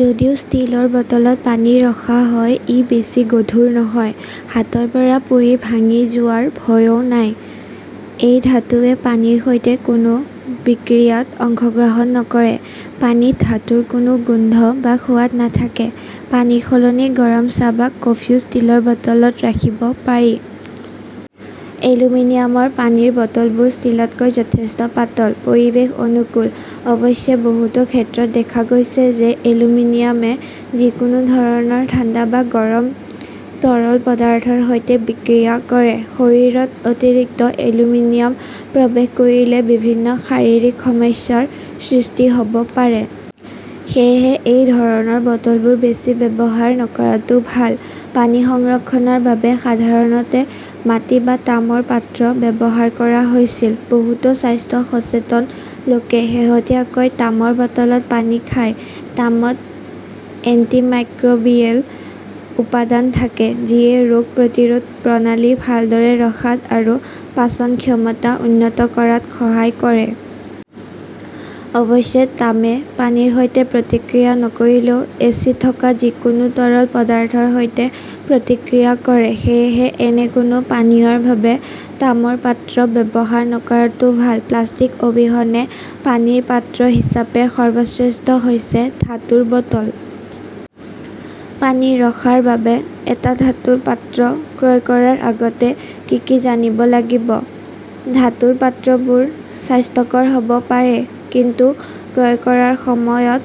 যদিও ষ্টীলৰ বটলত পানী ৰখা হয়, ই বেছি গধুৰ নহয়। হাতৰ পৰা পৰি ভাঙি যোৱাৰ ভয়ও নাই। এই ধাতুৱে পানীৰ সৈতে কোনো বিক্ৰিয়াত অংশগ্ৰহণ নকৰে। পানীত ধাতুৰ কোনো গোন্ধ বা সোৱাদ নাথাকে। পানীৰ সলনি গৰম চাহ বা কফিও ষ্টীলৰ বটলত ৰাখিব পাৰি। এলুমিনিয়ামৰ পানীৰ বটলবোৰ ষ্টীলতকৈ যথেষ্ট পাতল, পৰিৱেশ অনুকূল। অৱশ্যে, বহুতো ক্ষেত্ৰত দেখা গৈছে যে এলুমিনিয়ামে যিকোনো ধৰণৰ ঠাণ্ডা বা গৰম তৰল পদাৰ্থৰ সৈতে বিক্ৰিয়া কৰে। শৰীৰত অতিৰিক্ত এলুমিনিয়াম প্ৰৱেশ কৰিলে বিভিন্ন শাৰীৰিক সমস্যাৰ সৃষ্টি হ'ব পাৰে। সেয়েহে এই ধৰণৰ বটলবোৰ বেছি ব্যৱহাৰ নকৰাটো ভাল। পানী সংৰক্ষণৰ বাবে সাধাৰণতে মাটি বা তামৰ পাত্ৰ ব্যৱহাৰ কৰা হৈছিল। বহুতো স্বাস্থ্য সচেতন লোকে শেহতীয়াকৈ তামৰ বটলত পানী খায়। তামত এন্টিমাইক্ৰোবিয়েল উপাদান থাকে। যিয়ে ৰোগ প্ৰতিৰোধ প্ৰণালী ভালদৰে ৰখাত আৰু পাচন ক্ষমতা উন্নত কৰাত সহায় কৰে। অৱশ্যে তামে পানীৰ সৈতে প্ৰতিক্ৰিয়া নকৰিলেও এচিড থকা যিকোনো তৰল পদাৰ্থৰ সৈতে প্ৰতিক্ৰিয়া কৰে। সেয়েহে, এনে কোনো পানীয়ৰ বাবে তামৰ পাত্ৰ ব্যৱহাৰ নকৰাটো ভাল। প্লাষ্টিক অবিহনে পানীৰ পাত্ৰ হিচাপে সৰ্বশ্ৰেষ্ঠ হৈছে ধাতুৰ বটল। পানী ৰখাৰ বাবে এটা ধাতুৰ পাত্ৰ ক্ৰয় কৰাৰ আগতে কি কি জানিব লাগিব? ধাতুৰ পাত্ৰবোৰ স্বাস্থ্যকৰ হ'ব পাৰে, কিন্তু ক্ৰয় কৰাৰ সময়ত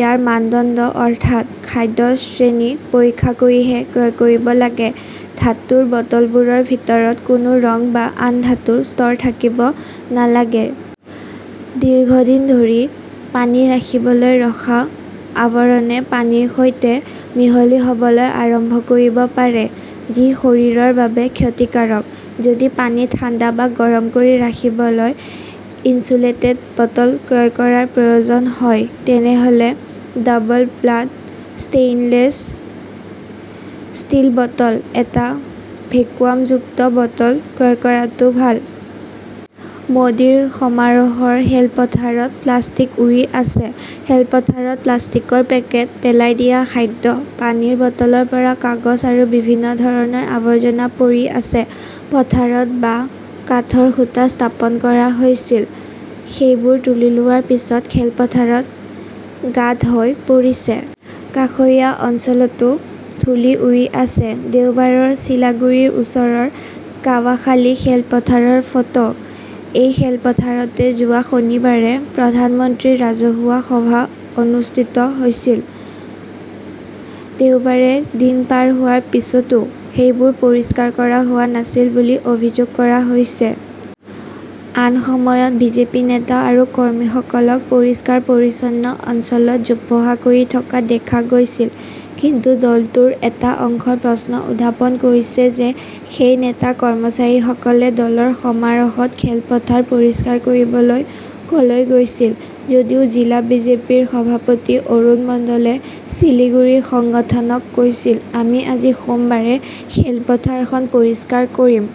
ইয়াৰ মানদণ্ড, অৰ্থাৎ খাদ্যৰ শ্ৰেণী পৰীক্ষা কৰিহে ক্ৰয় কৰিব লাগে। ধাতুৰ বটলবোৰৰ ভিতৰত কোনো ৰং বা আন ধাতুৰ স্তৰ থাকিব নালাগে। দীৰ্ঘদিন ধৰি পানী ৰাখিবলৈ ৰখা আৱৰণে পানীৰ সৈতে মিহলি হ'বলৈ আৰম্ভ কৰিব পাৰে। যি শৰীৰৰ বাবে ক্ষতিকাৰক। যদি পানী ঠাণ্ডা বা গৰম কৰি ৰাখিবলৈ 'ইনচুলেটেড' বটল ক্ৰয় কৰাৰ প্ৰয়োজন হয়, তেনেহ'লে double walled stainless steel bottle এটা ভেকুৱামযুক্ত বটল ক্ৰয় কৰাটো ভাল। মোদীৰ সমাৰোহৰ খেলপথাৰত প্লাষ্টিক উৰি আছে, খেলপথাৰত প্লাষ্টিকৰ পেকেট, পেলাই দিয়া খাদ্য, পানীৰ বটলৰ পৰা কাগজ আৰু বিভিন্ন ধৰণৰ আৱৰ্জনা পৰি আছে। পথাৰত বাঁহ, কাঠৰ খুঁটা স্থাপন কৰা হৈছিল। সেইবোৰ তুলি লোৱাৰ পিছত খেলপথাৰত গাঁত হৈ পৰিছে। কাষৰীয়া অঞ্চলতো ধূলি উৰি আছে। দেওবাৰৰ চিলাগুৰিৰ ওচৰৰ কাৱাখালি খেলপথাৰৰ ফটো। এই খেলপথাৰতে যোৱা শনিবাৰে প্ৰধানমন্ত্ৰীৰ ৰাজহুৱা সভা অনুষ্ঠিত হৈছিল। দেওবাৰে দিন পাৰ হোৱাৰ পিছতো সেইবোৰ পৰিষ্কাৰ কৰা হোৱা নাছিল বুলি অভিযোগ কৰা হৈছে। আন সময়ত বিজেপি নেতা আৰু কৰ্মীসকলক পৰিষ্কাৰ-পৰিচ্ছন্ন অঞ্চলত জোপোহা কৰি থকা দেখা গৈছিল। কিন্তু দলটোৰ এটা অংশই প্ৰশ্ন উত্থাপন কৰিছে যে সেই নেতা, কৰ্মচাৰীসকলে দলৰ সমাৰোহত খেলপথাৰ পৰিষ্কাৰ কৰিবলৈ ক'লৈ গৈছিল। যদিও জিলা বিজেপিৰ সভাপতি অৰুণ মণ্ডলে শিলিগুড়ি সংগঠনক কৈছিল, "আমি আজি সোমবাৰে খেলপথাৰখন পৰিষ্কাৰ কৰিম।"